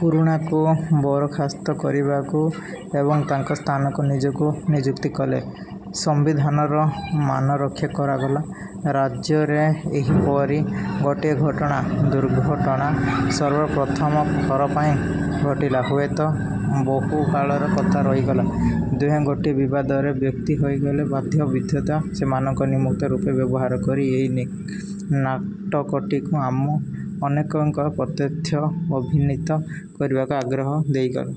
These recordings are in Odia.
ପୁରୁଣାକୁ ବରଖାସ୍ତ କରିବାକୁ ଏବଂ ତାଙ୍କ ସ୍ଥାନକୁ ନିଜକୁ ନିଯୁକ୍ତି କଲେ। ସମ୍ବିଧାନର ମାନରକ୍ଷା କରାଗଲା। ରାଜ୍ୟରେ ଏପରି ଗୋଟିଏ ଘଟଣା, ଦୁର୍ଘଟଣା ସର୍ବପ୍ରଥମ ଥର ପାଇଁ ଘଟିଲା। ହୁଏତ ବହୁକାଳର କଥା ରହିଗଲା। ଦୁହେଁ ଗୋଟିଏ ବିବାଦର ବ୍ୟକ୍ତି ହୋଇଥିଲେ ମଧ୍ୟ ବିଧାତା ସେମାନଙ୍କୁ ନିମିତ୍ତ ରୂପେ ବ୍ୟବହାର କରି ଏହି ନାଟକଟିକୁ ଆମ ଅନେକଙ୍କର ପ୍ରୀତ୍ୟର୍ଥେ ଅଭିନିତ କରିବାକୁ ଆଗ୍ରହ ଦେଖାଇଲା।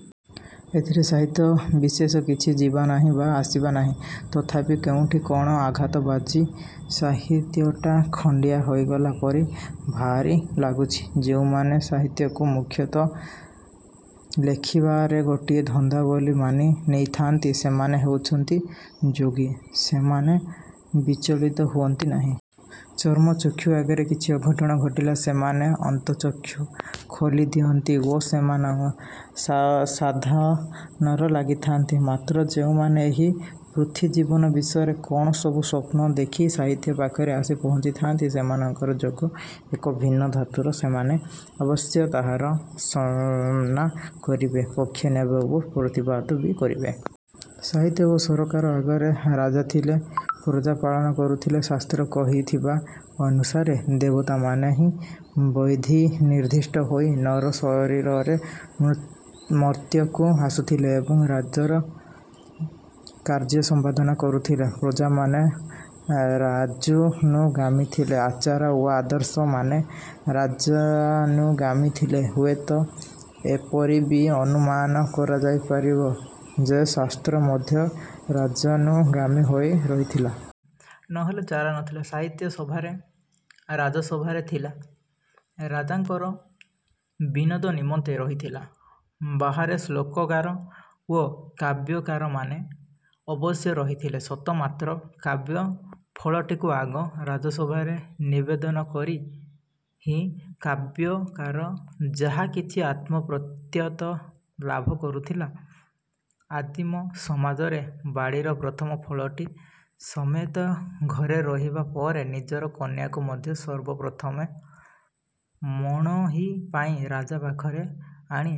ଏଥିରେ ସାହିତ୍ୟର ବିଶେଷ କିଛି ଯିବ ନାହିଁ ବା ଆସିବ ନାହିଁ। ତଥାପି କୋଉଠି କଣ ଆଘାତ ବାଜି ସାହିତ୍ୟଟା ଖଣ୍ଡିଆ ହୋଇଗଲା ପରି ଭାରି ଲାଗୁଛି। ଯୋଉମାନେ ସାହିତ୍ୟକୁ ମୁଖ୍ୟତଃ ଲେଖିବାର ଗୋଟାଏ ଧନ୍ଦା ବୋଲି ମାନି ନେଇଥାନ୍ତି, ସେମାନେ ହେଉଛନ୍ତି ଯୋଗୀ। ସେମାନେ ବିଚଳିତ ହୁଅନ୍ତି ନାହିଁ। ଚର୍ମ ଚକ୍ଷୁ ଆଗରେ କିଛି ଅଘଟଣ ଘଟିଲା ସେମାନେ ଅନ୍ତର୍ଚକ୍ଷୁ ଖୋଲିଦିଅନ୍ତି ଓ ସେମାନେ ସାଧନାରେ ଲାଗିଥାନ୍ତି। ମାତ୍ର ଯେଉଁମାନେ ଏହି ପୃଥ୍ୱୀଜୀବନ ବିଷୟରେ କଣ ସବୁ ସ୍ୱପ୍ନ ଦେଖି ସାହିତ୍ୟ ପାଖରେ ଆସି ପହଞ୍ଚିଥାଆନ୍ତି, ସେମାନଙ୍କର ଯୋଗ ଏକ ଭିନ୍ନ ଧାତୁର। ସେମାନେ ଅବଶ୍ୟ ତାହାର ସାମ୍ନା କରିବେ, ପକ୍ଷ ନେବେ ଓ ପ୍ରତିବାଦ ବି କରିବେ। ସାହିତ୍ୟ ଓ ସରକାର ଆଗେ ରାଜା ଥିଲେ, ପ୍ରଜାପାଳନ କରୁଥିଲେ। ଶାସ୍ତ୍ର କହିଥିବା ଅନୁସାରେ ଦେବତାମାନେ ହିଁ ବିଧିନିର୍ଦ୍ଦିଷ୍ଟ ହୋଇ ନର ଶରୀରରେ ମର୍ତ୍ତ୍ୟକୁ ଆସୁଥିଲେ ଏବଂ ରାଜାର କାର୍ଯ୍ୟ ସମ୍ପାଦନ କରୁଥିଲେ। ପ୍ରଜାମାନେ ରାଜାନୁଗାମୀ ଥିଲେ। ଆଚାର ଓ ଆଦର୍ଶମାନେ ରାଜାନୁଗାମୀ ଥିଲେ। ହୁଏତ ଏପରି ବି ଅନୁମାନ କରାଯାଇପାରିବ ଯେ ଶାସ୍ତ୍ର ମଧ୍ୟ ରାଜାନୁଗାମୀ ହୋଇ ରହିଥିଲା। ନହେଲେ ଚାରା ନଥିଲା। ସାହିତ୍ୟ ସଭାରେ, ରାଜସଭାରେ ଥିଲା। ରାଜାଙ୍କର ବିନୋଦ ନିମନ୍ତେ ରହିଥିଲା। ବାହାରେ ଶ୍ଳୋକକାର ଓ କାବ୍ୟକାରମାନେ ଅବଶ୍ୟ ରହିଥିଲେ ସତ, ମାତ୍ର କାବ୍ୟ-ଫଳଟିକୁ ଆଗ ରାଜସଭାରେ ନିବେଦନ କରି ହିଁ କାବ୍ୟକାର ଯାହାକିଛି ଆତ୍ମପ୍ରତ୍ୟୟ ଲାଭ କରୁଥିଲା। ଆଦିମ ସମାଜରେ ବାଡ଼ିର ପ୍ରଥମ ଫଳଟି ସମେତ ଘରେ ରହିବା ପରେ ନିଜର କନ୍ୟାକୁ ମଧ୍ୟ ସର୍ବପ୍ରଥମ ମଣୋହି ପାଇଁ ରାଜା ପାଖରେ ଆଣି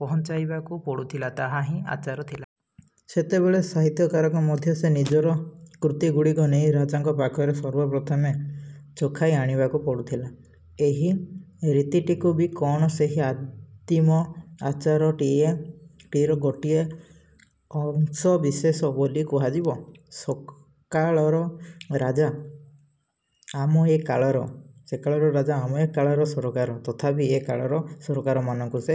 ପହଞ୍ଚାଇବାକୁ ପଡୁଥିଲା ତାହା ହିଁ ଆଚାର ଥିଲା। ସେତେବେଳେ ସାହିତ୍ୟକାରକୁ ମଧ୍ୟ ସେ ନିଜର କୃତିଗୁଡ଼ିକୁ ନେଇ ରାଜାଙ୍କ ପାଖରେ ସର୍ବପ୍ରଥମେ ଚଖାଇ ଆଣିବାକୁ ପଡୁଥିଲା, ଏହି ରୀତିଟିକୁ ବି କଣ ସେହି ଆଦିମ ଆଚାରଟିର ଗୋଟିଏ ଅଂଶବିଶେଷ ବୋଲି କୁହାଯିବ? ସେକାଳର ରାଜା, ଆମ ଏ କାଳର ସରକାର। ତଥାପି ଏ କାଳର ସରକାରମାନଙ୍କୁ ସେ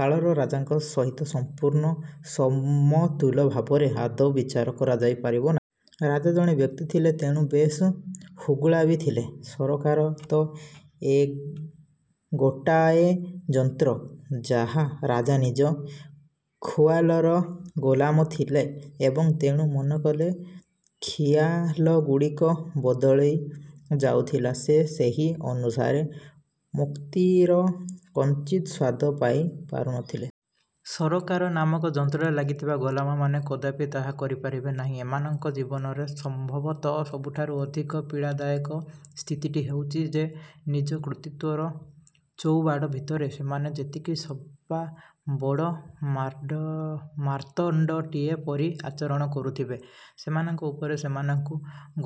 କାଳର ରାଜାଙ୍କ ସହିତ ସମ୍ପୂର୍ଣ୍ଣ ସମତୁଲ ଭାବରେ ଆଦୌ ବିଚାର କରାଯାଇ ପାରିବ ନାହିଁ। ରଜା ଜଣେ ବ୍ୟକ୍ତି ଥିଲେ, ତେଣୁ ବେଶ୍ ହୁଗୁଳା ବି ଥିଲେ। ସରକାର ତ ଗୋଟାଏ ଯନ୍ତ୍ର ଯାହା ରଜା ନିଜ ଖିଆଲର ଗୋଲାମ ଥିଲେ ଏବଂ ତେଣୁ ମନ କଲେ ଖିଆଲଗୁଡ଼ିକ ବଦଳି ଯାଉଥିଲେ ଓ ସେହି ଅନୁସାରେ ମୁକ୍ତିର କଞ୍ଚିତ୍ ସ୍ୱାଦ ପାଇ ପାରୁଥିଲେ। ସରକାର ନାମକ ଯନ୍ତ୍ରରେ ଲାଗିଥିବା ଗୋଲାମମାନେ କଦାପି ତାହା କରିପାରିବେ ନାହିଁ। ଏମାନଙ୍କ ଜୀବନରେ ସମ୍ଭବତଃ ସବୁଠାରୁ ଅଧିକ ପୀଡ଼ାଦାୟକ ସ୍ଥିତିଟି ହେଉଛି ଯେ ନିଜ କର୍ତ୍ତୃତ୍ୱର ଚଉବାଡ଼ ଭିତରେ ସେମାନେ ଯେତିକି ସବାବଡ଼ ମାର୍ତ୍ତଣ୍ଡଟିଏ ପରି ଆଚରଣ କରୁଥିବେ। ସେମାନଙ୍କ ଉପରେ ସେମାନଙ୍କୁ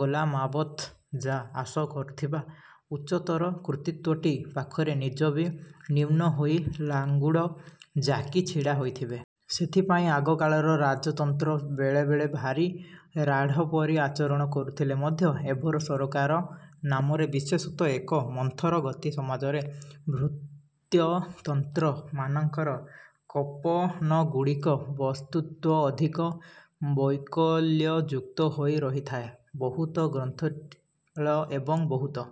ଗୋଲାମବତ୍ ଯା ଆସ କରାଉଥିବା ଉଚ୍ଚତର କର୍ତ୍ତୃତ୍ୱଟି ପାଖରେ ନିଜେ ବି ନ୍ୟୁନ ହୋଇ ଲାଙ୍ଗୁଡ଼ ଜାକି ଛିଡ଼ା ହୋଇଥିବେ। ସେଥିପାଇଁ ଆଗକାଳର ରାଜତନ୍ତ୍ର ବେଳେବେଳେ ଭାରି ରାଢ଼ ପରି ଆଚରଣ କରିଥିଲେ ମଧ୍ୟ ଏବର ସରକାର ନାମରେ ବିଶେଷତଃ ଏକ ମନ୍ଥରଗତି ସମାଜରେ ଭୃତ୍ୟତନ୍ତ୍ର ମାନଙ୍କର କୋପନଗୁଡ଼ିକ ବସ୍ତୁତଃ ଅଧିକ ବୈକଲ୍ୟଯୁକ୍ତ ହୋଇ ରହିଥାଏ। ବହୁତ ଗ୍ରନ୍ଥିଳ ଏବଂ ବହୁତ